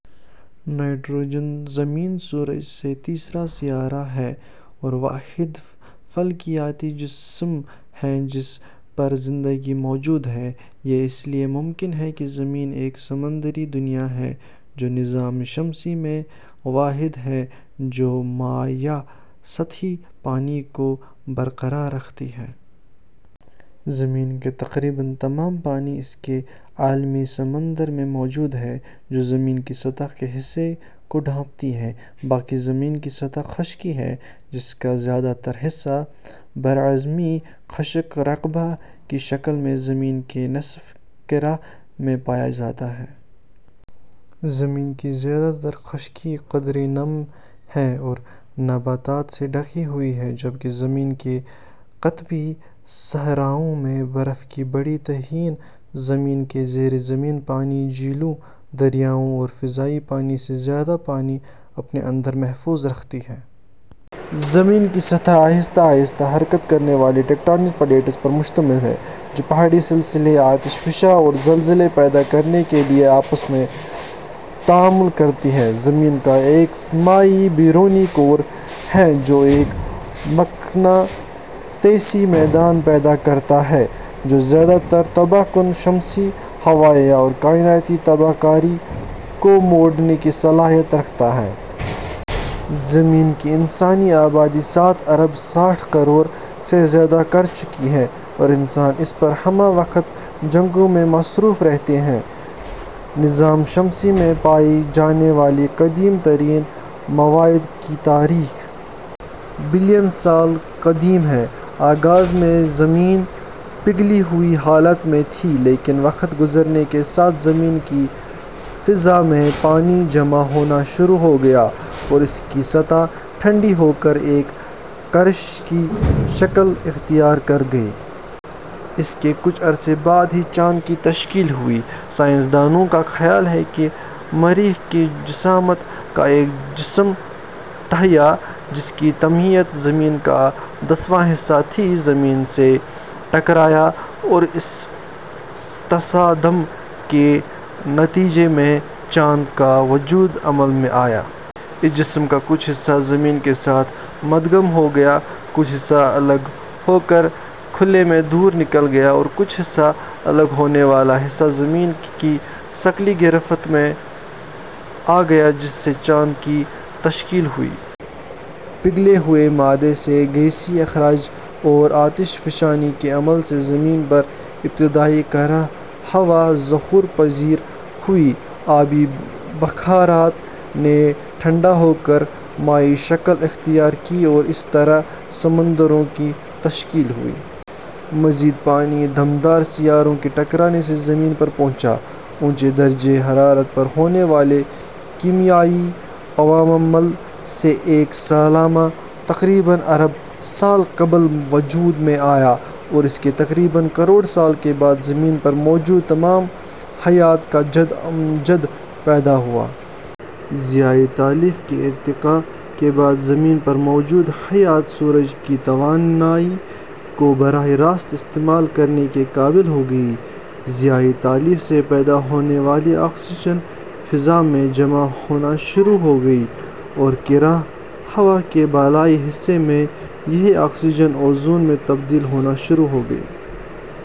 Nitrogen زمین سورج سے تیسرا سیارہ ہے اور واحد فلکیاتی جسم ہے جس پر زندگی موجود ہے۔ یہ اس لیے ممکن ہے کہ زمین ایک سمندری دنیا ہے، جو نظام شمسی میں واحد ہے جو مائع سطحی پانی کو برقرار رکھتی ہے۔ زمین کے تقریباً تمام پانی اس کے عالمی سمندر میں موجود ہیں، جو زمین کی سطح کے حصے کو ڈھانپتے ہیں۔ باقی زمین کی سطح خشکی ہے، جس کا زیادہ تر حصہ براعظمی خشک رقبہ کی شکل میں زمین کے نصف کرہ میں پایا جاتا ہے۔ زمین کی زیادہ تر خشکی قدرے نم ہے اور نباتات سے ڈھکی ہوئی ہے، جبکہ زمین کے قطبی صحراؤں میں برف کی بڑی تہیں زمین کے زیرِ زمین پانی ، جھیلوں، دریاؤں اور فضائی پانی سے زیادہ پانی اپنے اندر محفوظ رکھتی ہیں۔ زمین کی سطح آہستہ آہستہ حرکت کرنے والی ٹیکٹونک پلیٹوں پر مشتمل ہے، جو پہاڑی سلسلے، آتش فشاں اور زلزلے پیدا کرنے کے لیے آپس میں تعامل کرتی ہیں۔ زمین کا ایک مائع بیرونی کور ہے جو ایک مقناطیسی میدان پیدا کرتا ہے جو زیادہ تر تباہ کن شمسی ہواؤں اور کائناتی تابکاری کو موڑنے کی صلاحیت رکھتا ہے. زمین کی انسانی آبادی سات ارب ساٹھ کروڑ سے تجاوز کر چکی ہے۔ اور انسان اس پر ہمہ وقت جنگوں میں مصروف رہتے ہیں۔ نظام شمسی میں پائے جانے والے قدیم ترین مواد کی تاریخ.. بلین سال قدیم ہے۔ آغاز میں زمین پگھلی ہوئی حالت میں تھی لیکن وقت گزرنے کے ساتھ زمین کی فضا میں پانی جمع ہونا شروع ہو گیا اور اس کی سطح ٹھنڈی ہو کر ایک قرش کی شکل اختیار کر گئی۔ اس کے کچھ عرصہ بعد ہی چاند کی تشکیل ہوئی۔ سائنسدانوں کا خیال ہے کہ مریخ کی جسامت کا ایک جسم تھیا ، جس کی کمیت زمین کا دسواں حصہ تھی، زمین سے ٹکرایا اور اس تصادم کے نتیجے میں چاند کا وجود عمل میں آیا۔ اس جسم کا کچھ حصہ زمین کے ساتھ مدغم ہو گیا، کچھ حصہ الگ ہو کر خلا میں دور نکل گیا اور کچھ الگ ہونے والا حصہ زمین کی ثقلی گرفت میں آگیا جس سے چاند کی تشکیل ہوئی۔ پگھلے ہوئے مادے سے گیسی اخراج اور آتش فشانی کے عمل سے زمین پر ابتدائی کرہ ہوا ظہور پزیر ہوا۔ آبی بخارات نے ٹھنڈا ہو کر مائع شکل اختیار کی اور اس طرح سمندروں کی تشکیل ہوئی۔ مزید پانی دمدار سیاروں کے ٹکرانے سے زمین پر پہنچا۔ اونچے درجہ حرارت پر ہونے والے کیمیائی عوامل سے ایک سالمہ تقریباً ارب سال قبل وجود میں آیا اور اس کے تقریباً کروڑ سال کے بعد زمین پر موجود تمام حیات کا جد امجد پیدا ہوا۔ ضیائی تالیف کے ارتقا کے بعد زمین پر موجود حیات سورج کی توانائی کو براہ راست استعمال کرنے کے قابل ہو گئی۔ ضیائی تالیف سے پیدا ہونے والی آکسیجن فضاء میں جمع ہونا شروع ہو گئی اور کرہ ہوا کے بالائی حصے میں یہی آکسیجن اوزون میں تبدیل ہونا شروع ہو گئی۔